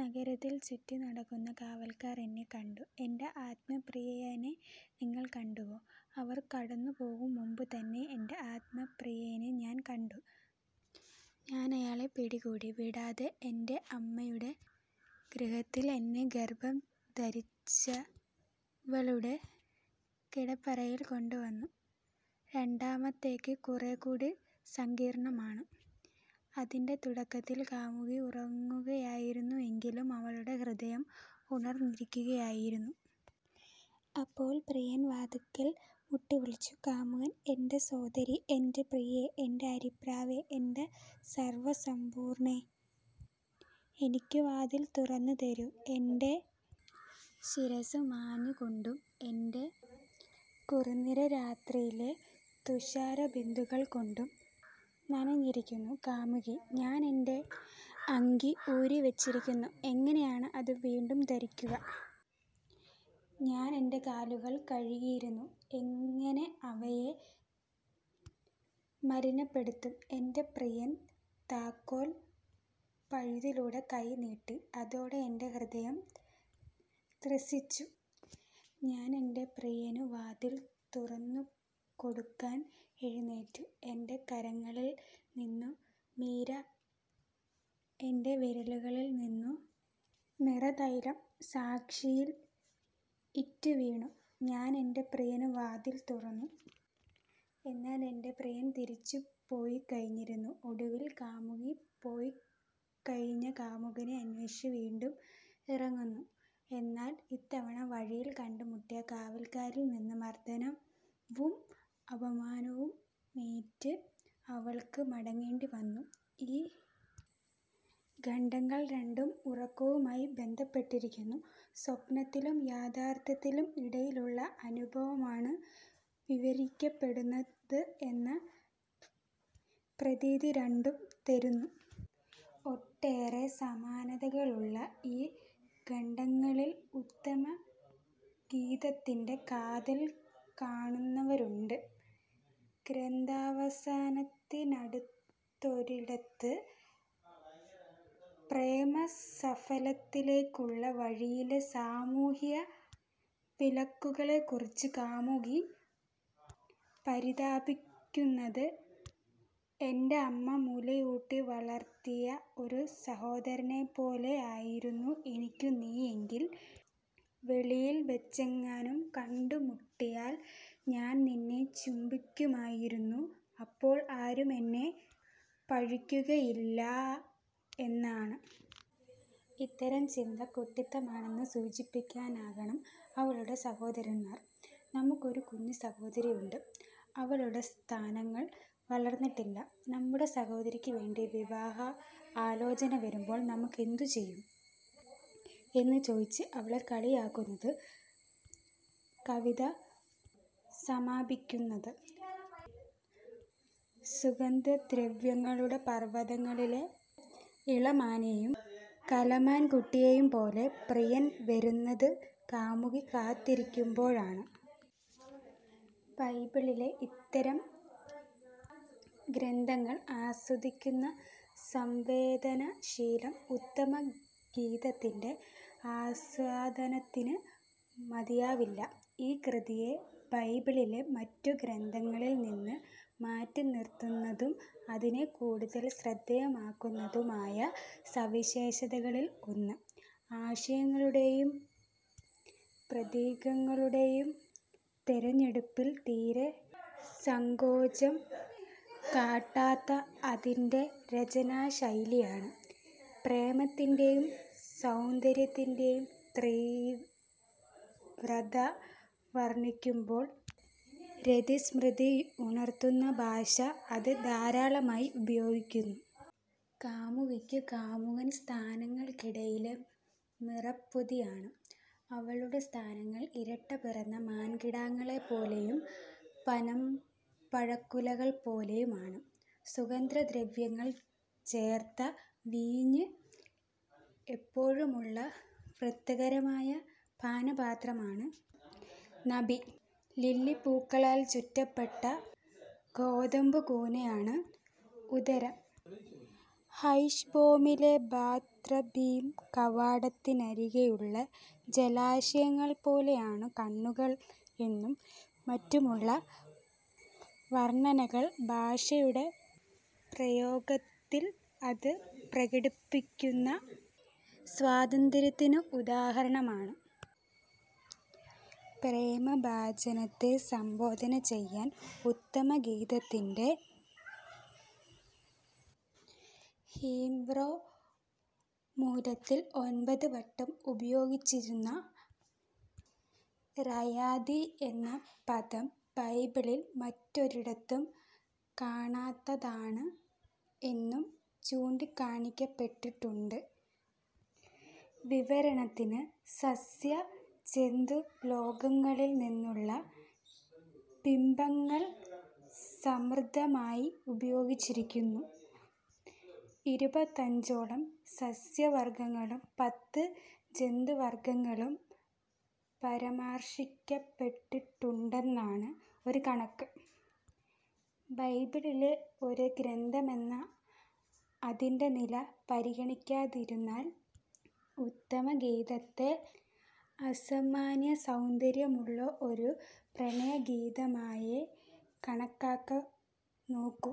നഗരത്തിൽ ചുറ്റിനടക്കുന്ന കാവൽക്കാർ എന്നെ കണ്ടു. "എന്റെ ആത്മപ്രിയനെ നിങ്ങൾ കണ്ടുവോ? "അവരെ കടന്നുപോകുംമുമ്പുതന്നെ എന്റെ ആത്മപ്രിയനെ ഞാൻ കണ്ടു. ഞാൻ അയാളെ പിടികൂടി, വിടാതെ, എന്റെ അമ്മയുടെ ഗൃഹത്തിൽ, എന്നെ ഗർഭം ധരിച്ചവളുടെ കിടപ്പറയിൽ കൊണ്ടുവന്നു. രണ്ടാമത്തേത് കുറേക്കൂടി സങ്കീർണമാണ്. അതിന്റെ തുടക്കത്തിൽ കാമുകി, ഉറങ്ങുകയായിരുന്നെങ്കിലും അവളുടെ ഹൃദയം ഉണർന്നിരിക്കുകയായിരുന്നു. അപ്പോൾ, പ്രിയൻ വാതിൽക്കൽ മുട്ടി വിളിച്ചു. കാമുകൻ:- എന്റെ സോദരീ, എന്റെ പ്രിയേ, എന്റെ അരിപ്രാവേ, എന്റെ സർവസമ്പൂർണേ, എനിക്കു വാതിൽ തുറന്നു തരൂ; എന്റെ ശിരസ്സു മഞ്ഞുകൊണ്ടും, എന്റെ കുറുനിര രാത്രിയിലെ തുഷാരബിന്ദുക്കൾ കൊണ്ടും നനഞ്ഞിരിക്കുന്നു. കാമുകി:- ഞാൻ എന്റെ അങ്കി ഊരിവച്ചിരുന്നു, എങ്ങനെയാണ് അതു വീണ്ടും ധരിക്കുക? ഞാൻ എന്റെ കാലുകൾ കഴുകിയിരുന്നു, എങ്ങനെ അവയെ മലിനപ്പെടുത്തും? എന്റെ പ്രിയൻ താക്കോൽ പഴുതിലൂടെ കൈ നീട്ടി, അതോടെ എന്റെ ഹൃദയം ത്രസിച്ചു. ഞാൻ എന്റെ പ്രിയനു വാതിൽ തുറന്നുകൊടുക്കാൻ എഴുന്നേറ്റു. എന്റെ കരങ്ങളിൽ നിന്നു മീറാ, എന്റെ വിരലുകളിൽ നിന്നു മീറാത്തൈലം, സാക്ഷയിൽ ഇറ്റിറ്റു വീണു. ഞാൻ എന്റെ പ്രിയനു വാതിൽ തുറന്നു. എന്നാൽ എന്റെ പ്രിയൻ തിരിച്ചുപൊയ്ക്കഴിഞ്ഞിരുന്നു. ഒടുവിൽ കാമുകി, പൊയ്ക്കഴിഞ്ഞ കാമുകനെ അന്വേഷിച്ച് വീണ്ടും ഇറങ്ങുന്നു. എന്നാൽ ഇത്തവണ വഴിയിൽ കണ്ടുമുട്ടിയ കാവൽക്കാരിൽ നിന്ന് മർദ്ദനവും അപമാനവുമേറ്റ് അവൾക്ക് മടങ്ങേണ്ടി വന്നു. ഈ ഖണ്ഡങ്ങൾ രണ്ടും ഉറക്കവുമായി ബന്ധപ്പെട്ടിരിക്കുന്നു. സ്വപ്നത്തിനും യാഥാർഥ്യത്തിനും ഇടയിലുള്ള അനുഭവമാണ് വിവരിക്കപ്പെടുന്നത് എന്ന പ്രതീതി രണ്ടും തരുന്നു. ഒട്ടേറെ സമാനതകളുള്ള ഈ ഖണ്ഡങ്ങളിൽ ഉത്തമഗീതത്തിന്റെ കാതൽ കാണുന്നവരുണ്ട്. ഗ്രന്ഥാവസാനത്തിനടുത്തൊരിടത്ത്, പ്രേമസാഫല്യത്തിലേക്കുള്ള വഴിയിലെ സാമൂഹ്യവിലക്കുകളെക്കുറിച്ച് കാമുകി പരിതപിക്കുന്നത് "ഏന്റെ അമ്മ മുലയൂട്ടി വളർത്തിയ ഒരു സഹോദരനെപ്പോലെ ആയിരുന്നു എനിക്കു നീ എങ്കിൽ, വെളിയിൽ വച്ചെങ്ങാനും കണ്ടുമുട്ടിയാൽ ഞാൻ നിന്നെ ചുംബിക്കുമായിരുന്നു, അപ്പോൾ ആരും എന്നെ പഴിക്കുകയില്ല" എന്നാണ്. ഇത്തരം ചിന്ത കുട്ടിത്തമാണെന്ന് സൂചിപ്പിക്കാനാകണം അവളുടെ സഹോദരന്മാർ "നമുക്കൊരു കുഞ്ഞു സഹോദരിയുണ്ട്, അവളുടെ സ്തനങ്ങൾ വളർന്നിട്ടില്ല. നമ്മുടെ സഹോദരിക്കു വേണ്ടി വിവാഹാലോചന വരുമ്പോൾ നമ്മൾ എന്തു ചെയ്യും? " എന്നു ചോദിച്ച് അവളെ കളിയാക്കുന്നത്. കവിത സമാപിക്കുന്നത്, "സുഗന്ധദ്രവ്യങ്ങളുടെ പർവതങ്ങളിലെ ഇളമാനെയും കലമാൻ കുട്ടിയെയും പോലെ" പ്രിയൻ വരുന്നത് കാമുകി കാത്തിരിക്കുമ്പോഴാണ്. ബൈബിളിലെ ഇതര ഗ്രന്ഥങ്ങൾ ആസ്വദിക്കുന്ന സംവേദനശീലം ഉത്തമഗീതത്തിന്റെ ആസ്വാദനത്തിന് മതിയാവില്ല. ഈ കൃതിയെ ബൈബിളിലെ മറ്റു ഗ്രന്ഥങ്ങളിൽ നിന്ന് മാറ്റിനിർത്തുന്നതും അതിനെ കൂടുതൽ ശ്രദ്ധേയമാക്കുന്നതും ആയ സവിശേഷതകളിൽ ഒന്ന്, ആശയങ്ങളുടേയും പ്രതീകങ്ങളുടേയും തെരഞ്ഞെടുപ്പിൽ തീരെ സങ്കോചം കാട്ടാത്ത അതിന്റെ രചനാശൈലിയാണ്. പ്രേമത്തിന്റേയും സൗന്ദര്യത്തിന്റേയും തീവ്രത വർണ്ണിക്കുമ്പോൾ രതിസ്മൃതിയുണർത്തുന്ന ഭാഷ അത് ധാരാളമായി ഉപയോഗിക്കുന്നു. കാമുകിക്ക് കാമുകൻ സ്തനങ്ങൾക്കിടയിലെ മീറാപ്പൊതിയാണ്; അവളുടെ സ്തനങ്ങൾ ഇരട്ടപിറന്ന മാൻകിടാങ്ങളെപ്പോലെയും പനംപഴക്കുലകൾ പോലെയും ആണ്; സുഗന്ധദ്രവ്യങ്ങൾ ചേർത്ത വീഞ്ഞ് എപ്പോഴുമുള്ള, വൃത്താകാരമായ പാനപാത്രമാണ് നാഭി; ലില്ലിപ്പൂക്കളാൽ ചുറ്റപ്പെട്ട കോതമ്പുകൂനയാണ് ഉദരം; ഹെശ്ബ്ബോനിലെ ബാത്റബീം കവാടത്തിന്നരികെയുള്ള ജലാശയങ്ങൾപോലെയാണു കണ്ണുകൾ എന്നും മറ്റുമുള്ള വർണ്ണനകൾ ഭാഷയുടെ പ്രയോഗത്തിൽ അത് പ്രകടിപ്പിക്കുന്ന സ്വാതന്ത്ര്യത്തിന് ഉദാഹരണമാണ്. പ്രേമഭാജനത്തെ സംബോധന ചെയ്യാൻ ഉത്തമഗീതത്തിന്റെ ഹീബ്രൂ മൂലത്തിൽ ഒൻപതുവട്ടം ഉപയോഗിച്ചിരിക്കുന്ന 'റായതി' എന്ന പദം, ബൈബിളിൽ മറ്റൊരിടത്തും കാണാത്തതാണ് എന്നു ചൂണ്ടിക്കാണിക്കപ്പെട്ടിട്ടുണ്ട്. വിവരണത്തിന് സസ്യ-ജന്തുലോകങ്ങളിൽ നിന്നുള്ള ബിംബങ്ങൾ സമൃദ്ധമായി ഉപയോഗിച്ചിരിക്കുന്നു. ഇരുപത്തഞ്ചോളം സസ്യവർഗങ്ങളും പത്ത് ജന്തുവർഗങ്ങളും പരാമർശിക്കപ്പെട്ടിട്ടുണ്ടെന്നാണ് ഒരു കണക്ക്. ബൈബിളിലെ ഒരു ഗ്രന്ഥമെന്ന അതിന്റെ നില പരിഗണിക്കാതിരുന്നാൽ, ഉത്തമഗീതത്തെ അസാമാന്യ സൗന്ദര്യമുള്ള ഒരു പ്രണയഗീതമായേ കണക്കാക്കാനൊക്കൂ.